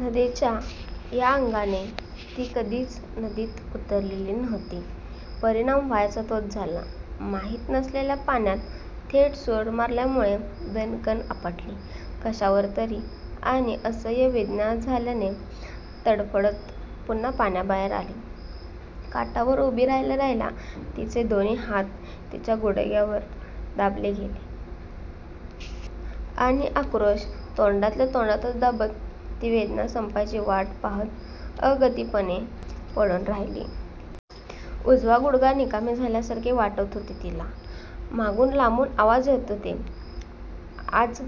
नदीच्या या अंगाने ती कधीच नदीत उतरलेली नव्हती. परिणाम व्हायचा तोच झाला. माहीत नसलेल्या पाण्यात थेट सूर मारल्यामुळे दाणकन आपटली कशावर तरी आणि असह्य वेदना झाल्याने तडफडत पुन्हा पाण्याबाहेर आली. काठावर उभी राहिल्याराहिल्या तिचे दोन्ही हात तिच्या गुडघ्यावर दाबले गेले आणि आक्रोश तोंडातल्या तोंडातच दाबत ती वेदना संपायची वाट पाहात अगतिकपणे पडून राहिली. उजवा गुडघा निकामी झाल्यासारखे वाटत होते तिला. मागून लांबून आवाज येत होते. आज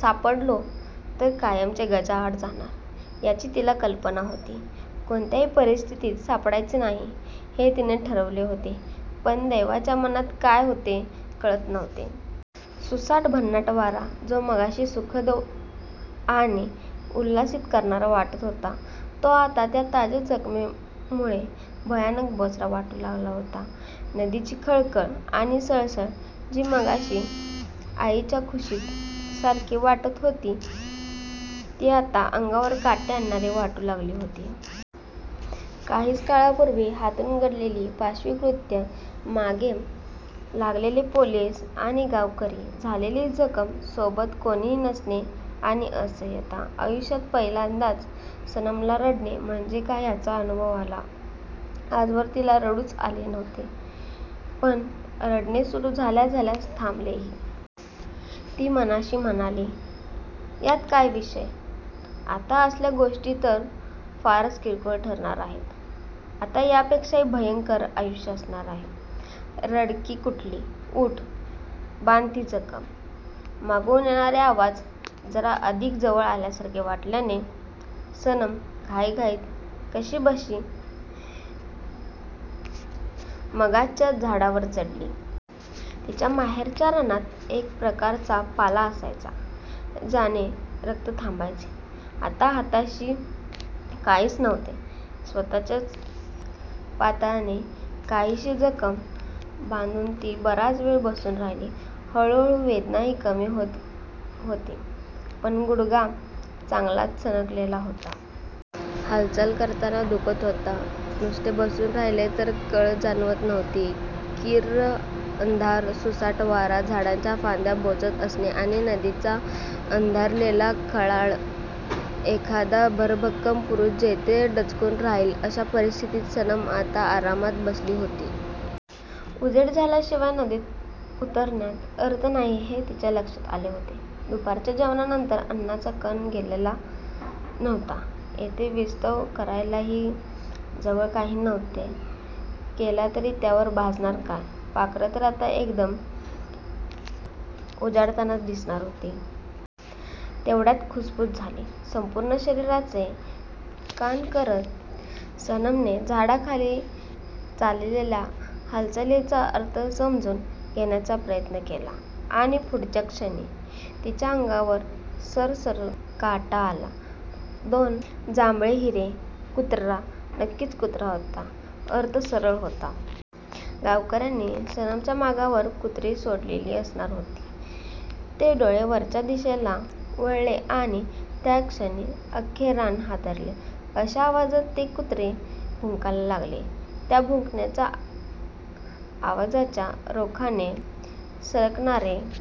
सापडलो तर कायमचे गजाआड जाणार याची तिला कल्पना होती. कोणत्याही परिस्थितीत सापडायचे नाही हे तिने ठरवलेले होते. पण दैवाच्या मनात काय होते कळत नव्हते. सुसाट, भन्नाट वारा, जो मगाशी सुखद आणि उल्हासित करणारा वाटत होता तो आता त्या ताज्या जखमेमुळे भयानक बोचरा वाटू लागला होता. नदीची खळखळ आणि सळसळ जी मगाशी आईच्या कुशीसारखी वाटत होती ती आता अंगावर काटे आणणारी वाटू लागली होती. काहीच काळापूर्वी हातून घडलेले पाशवी कृत्य, मागे लागलेले पोलिस आणि गावकरी, झालेली जखम, सोबत कोणीही नसणे आणि असहाय्यता! आयुष्यात पहिल्यांदाच सनमला 'रडणे' म्हणजे काय याचा अनुभव आला. आजवर तिला रडूच आले नव्हते. पण रडणे सुरू झाल्याझाल्याच थांबलेही. ती मनाशी म्हणाली. यात काय विशेष? आता असल्या गोष्टी तर फारच किरकोळ ठरणार आहेत. आता यापेक्षा भयंकर आयुष्य असणार आहे. रडकी कुठली! ऊठ! बांध ती जखम! मागून येणारे आवाज जरा अधिक जवळ आल्यासारखे वाटल्याने सनम घाईघाईत कशीबशी मगाचच्याच झाडावर चढली. तिच्या माहेरच्या रानात एक प्रकारचा पाला असायचा, ज्याने रक्त थांबायचे. आत्ता हाताशी काहीच नव्हते. स्वतःच्याच पातळाने काहीशी जखम बांधून ती बराच वेळ बसून राहिली. हळूहळू वेदनाही कमी होत होती. पण गुडघा चांगलाच सणकलेला होता. हालचाल करताना दुखत होता. नुसते बसून राहिले तर कळ जाणवत नव्हती. किर्र अंधार, सुसाट वारा, झाडाच्या फांद्या बोचत असणे आणि नदीचा अंधारलेला खळाळ! एखादा भरभक्कम पुरुष जेथे दचकून राहील अशा परिस्थितीत सनम आता आरामात बसली होती. उजेड झाल्याशिवाय नदीत उतरण्यात अर्थ नाही हे तिच्या लक्षात आले होते. दुपारच्या जेवणांनंतर अन्नाचा कण गेलेला नव्हता. येथे विस्तव करायलाही जवळ काही नव्हते. केला तरी त्यावर भाजणार काय? पाखरं तर आता एकदम उजाडतानाच दिसणार होती. तेवढ्यात खुसपूस झाली. संपूर्ण शरीराचे कान करत सनमने झाडाखाली चाललेल्या हालचालीचा अर्थ समजून घेण्याचा प्रयत्न सुरू केला. आणि पुढच्याच क्षणी तिच्या अंगावर सरसरून काटा आला. दोन जांभळे हिरे! कुत्रा नक्कीच कुत्रा होता. अर्थ सरळ होता. गावकर्यांनी सनमच्या मागावर कुत्री सोडलेली असणार होती. ते डोळे वरच्या दिशेला वळले आणि त्याच क्षणी अख्खे रान हादरेल अशा आवाजात ते कुत्रे भुंकायला लागले. त्या भुंकण्याच्या आवाजाच्या रोखाने सरकणारे